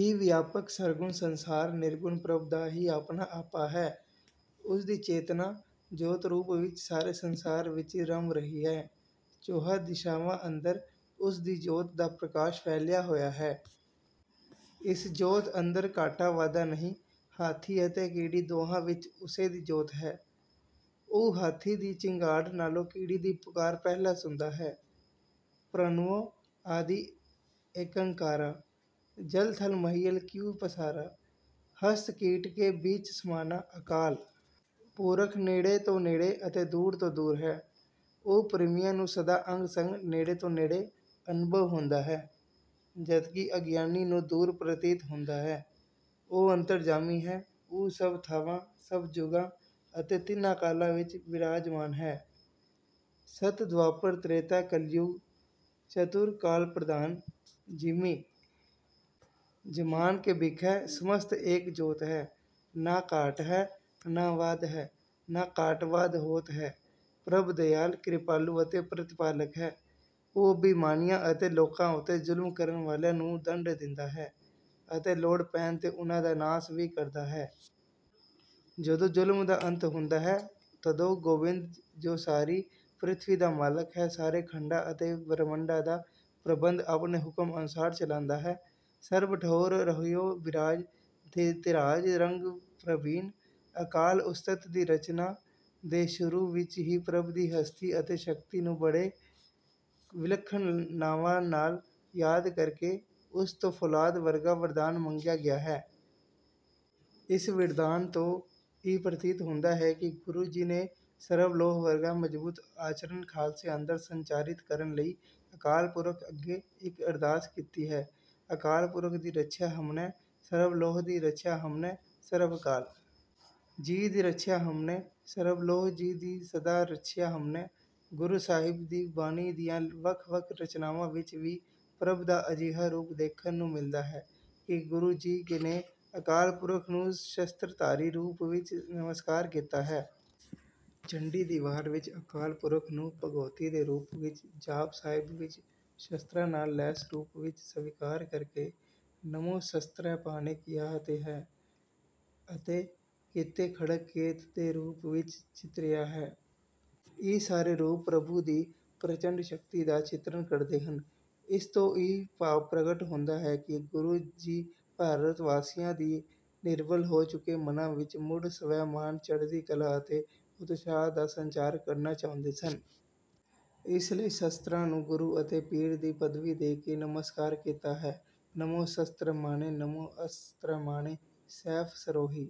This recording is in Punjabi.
ਇਹ ਵਿਆਪਕ ਸਰਗੁਣ ਸੰਸਾਰ ਨਿਰਗੁਣ ਪ੍ਰਭੂ ਦਾ ਹੀ ਆਪਣਾ ਆਪਾ ਹੈ। ਉਸ ਦੀ ਚੇਤਨਾ ਜੋਤ-ਰੂਪ ਵਿੱਚ ਸਾਰੇ ਸੰਸਾਰ ਵਿੱਚ ਰਮ ਰਹੀ ਹੈ। ਚੌਹਾਂ ਦਿਸ਼ਾਵਾਂ ਅੰਦਰ ਉਸ ਦੀ ਜੋਤ ਦਾ ਪ੍ਰਕਾਸ਼ ਫੈਲਿਆ ਹੋਇਆ ਹੈ। ਇਸ ਜੋਤ ਅੰਦਰ ਘਾਟਾ-ਵਾਧਾ ਨਹੀਂ। ਹਾਥੀ ਅਤੇ ਕੀੜੀ ਦੋਹਾਂ ਵਿੱਚ ਉਸੇ ਦੀ ਜੋਤ ਹੈ। ਉਹ ਹਾਥੀ ਦੀ ਚਿੰਗਾੜ ਨਾਲੋਂ ਕੀੜੀ ਦੀ ਪੁਕਾਰ ਪਹਿਲਾਂ ਸੁਣਦਾ ਹੈ ਪ੍ਰਣਵੋ ਆਦਿ ਏਕੰਕਾਰਾ। ਜਲ ਥਲ ਮਹੀਅਲ ਕੀਓ ਪਸਾਰਾ। ਹਸਤਿ ਕੀਟ ਕੇ ਬੀਚ ਸਮਾਨਾ॥ ਅਕਾਲ ਪੁਰਖ ਨੇੜੇ ਤੋਂ ਨੇੜੇ ਅਤੇ ਦੂਰ ਤੋਂ ਦੂਰ ਹੈ। ਉਹ ਪ੍ਰੇਮੀਆਂ ਨੂੰ ਸਦਾ ਅੰਗ-ਸੰਗ, ਨੇੜੇ ਤੋਂ ਨੇੜੇ ਅਨੁਭਵ ਹੁੰਦਾ ਹੈ, ਜਦਕਿ ਅਗਿਆਨੀ ਨੂੰ ਦੂਰ ਪ੍ਰਤੀਤ ਹੁੰਦਾ ਹੈ। ਉਹ ਅੰਤਰਜਾਮੀ ਹੈ। ਉਹ ਸਭ ਥਾਵਾਂ, ਸਭ ਜੁਗਾਂ ਅਤੇ ਤਿੰਨਾਂ ਕਾਲਾਂ ਵਿੱਚ ਬਿਰਾਜਮਾਨ ਹੈ ਸਤਿ ਦੁਆਪਰ ਤ੍ਰੇਤਾ ਕਲਿਜੁਗ ਚਤੁਰ ਕਾਲ ਪ੍ਰਧਾਨ॥ ਜਿਮੀ ਜ਼ਮਾਨ ਕੇ ਬਿਖੈ ਸਮਸਤ ਏਕ ਜੋਤਿ ਹੈ। ਨ ਘਾਟ ਹੈ, ਨ ਵਾਧ ਹੈ, ਨ ਘਾਟ-ਵਾਧ ਹੋਤ ਹੈ॥ ਪ੍ਰਭੂ ਦਇਆਲੂ, ਕਿਰਪਾਲੂ ਅਤੇ ਪ੍ਰਤਿਪਾਲਕ ਹੈ। ਉਹ ਅਭਿਮਾਨੀਆਂ ਅਤੇ ਲੋਕਾਂ ਉੱਤੇ ਜ਼ੁਲਮ ਕਰਨ ਵਾਲਿਆਂ ਨੂੰ ਦੰਡ ਦਿੰਦਾ ਹੈ ਅਤੇ ਲੋੜ ਪੈਣ ’ਤੇ ਉਨ੍ਹਾਂ ਦਾ ਨਾਸ ਵੀ ਕਰਦਾ ਹੈ। ਜਦੋਂ ਜ਼ੁਲਮ ਦਾ ਅੰਤ ਹੁੰਦਾ ਹੈ, ਤਦੋਂ ਗੋਬਿੰਦ, ਜੋ ਸਾਰੀ ਪ੍ਰਿਥਵੀ ਦਾ ਮਾਲਕ ਹੈ, ਸਾਰੇ ਖੰਡਾਂ ਅਤੇ ਬ੍ਰਹਿਮੰਡਾਂ ਦਾ ਪ੍ਰਬੰਧ ਆਪਣੇ ਹੁਕਮ ਅਨੁਸਾਰ ਚਲਾਉਂਦਾ ਹੈ। ਸਰਬ ਠਉਰ ਰਹਿਓ ਬਿਰਾਜ, ਧਿਰਾਜ ਰੰਜ-ਪ੍ਰਬੀਨ॥ ਅਕਾਲ ਉਸਤਤਿ ਦੀ ਰਚਨਾ ਦੇ ਸ਼ੁਰੂ ਵਿੱਚ ਹੀ ਪ੍ਰਭੂ ਦੀ ਹਸਤੀ ਅਤੇ ਸ਼ਕਤੀ ਨੂੰ ਬੜੇ ਵਿਲੱਖਣ ਨਾਵਾਂ ਨਾਲ ਯਾਦ ਕਰਕੇ ਉਸ ਤੋਂ ਫੌਲਾਦ ਵਰਗਾ ਵਰਦਾਨ ਮੰਗਿਆ ਗਿਆ ਹੈ। ਇਸ ਵਰਦਾਨ ਤੋਂ ਇਹ ਪ੍ਰਤੀਤ ਹੁੰਦਾ ਹੈ ਕਿ ਗੁਰੂ ਜੀ ਨੇ ਸਰਬਲੋਹ ਵਰਗਾ ਮਜ਼ਬੂਤ ਆਚਰਨ ਖਾਲਸੇ ਅੰਦਰ ਸੰਚਾਰਿਤ ਕਰਨ ਲਈ ਅਕਾਲ ਪੁਰਖ ਅੱਗੇ ਇਹ ਅਰਦਾਸ ਕੀਤੀ ਹੈ ਅਕਾਲ ਪੁਰਖ ਦੀ ਰੱਛਿਆ ਹਮਨੈ। ਸਰਬ ਲੋਹ ਦੀ ਰੱਛਿਆ ਹਮਨੈ। ਸਰਬਕਾਲ ਜੀ ਦੀ ਰੱਛਿਆ ਹਮਨੈ। ਸਰਬਲੋਹ ਜੀ ਦੀ ਸਦਾ ਰੱਛਿਆ ਹਮਨੈ॥ ਗੁਰੂ ਸਾਹਿਬ ਦੀ ਬਾਣੀ ਦੀਆਂ ਵੱਖ-ਵੱਖ ਰਚਨਾਵਾਂ ਵਿੱਚ ਵੀ ਪ੍ਰਭੂ ਦਾ ਅਜਿਹਾ ਰੂਪ ਦੇਖਨ ਨੂੰ ਮਿਲਦਾ ਹੈ ਕਿ ਗੁਰੂ ਜੀ ਨੇ ਅਕਾਲ ਪੁਰਖ ਨੂੰ ਸ਼ਸਤ੍ਰਧਾਰੀ ਰੂਪ ਵਿੱਚ ਨਮਸਕਾਰ ਕੀਤਾ ਹੈ। ਚੰਡੀ ਦੀ ਵਾਰ ਵਿੱਚ ਅਕਾਲ ਪੁਰਖ ਨੂੰ ਭਗਉਤੀ ਦੇ ਰੂਪ ਵਿੱਚ, ਜਾਪ ਸਾਹਿਬ ਵਿੱਚ ਸ਼ਸਤ੍ਰਾਂ ਨਾਲ ਲੈਸ ਰੂਪ ਵਿੱਚ ਸਵੀਕਾਰ ਕਰਕੇ “ਨਮੋ ਸਸਤ੍ਰਪਾਣੈ” ਕਿਹਾ ਹੈ ਅਤੇ ਕਿਤੇ ਖੜਗ ਕੇਤ ਦੇ ਰੂਪ ਵਿੱਚ ਚਿਤਰਿਆ ਹੈ। ਇਹ ਸਾਰੇ ਰੂਪ ਪ੍ਰਭੂ ਦੀ ਪ੍ਰਚੰਡ ਸ਼ਕਤੀ ਦਾ ਚਿਤਰਨ ਕਰਦੇ ਹਨ। ਇਸ ਤੋਂ ਇਹ ਭਾਵ ਪ੍ਰਗਟ ਹੁੰਦਾ ਹੈ ਕਿ ਗੁਰੂ ਜੀ ਭਾਰਤਵਾਸੀਆਂ ਦੇ ਨਿਰਬਲ ਹੋ ਚੁੱਕੇ ਮਨਾਂ ਵਿੱਚ ਮੁੜ ਸਵੈਮਾਨ, ਚੜ੍ਹਦੀ ਕਲਾ ਅਤੇ ਉਤਸ਼ਾਹ ਦਾ ਸੰਚਾਰ ਕਰਨਾ ਚਾਹੁੰਦੇ ਸਨ। ਇਸੇ ਲਈ ਸ਼ਸਤ੍ਰਾਂ ਨੂੰ ਗੁਰੂ ਅਤੇ ਪੀਰ ਦੀ ਪਦਵੀ ਦੇ ਕੇ ਨਮਸਕਾਰ ਕੀਤਾ ਹੈ ਨਮੋ ਸਸਤ੍ਰਮਾਣੇ ਨਮੋ ਅਸਤ੍ਰਮਾਣੇ॥ ਸੈਫ ਸਰੋਹੀ…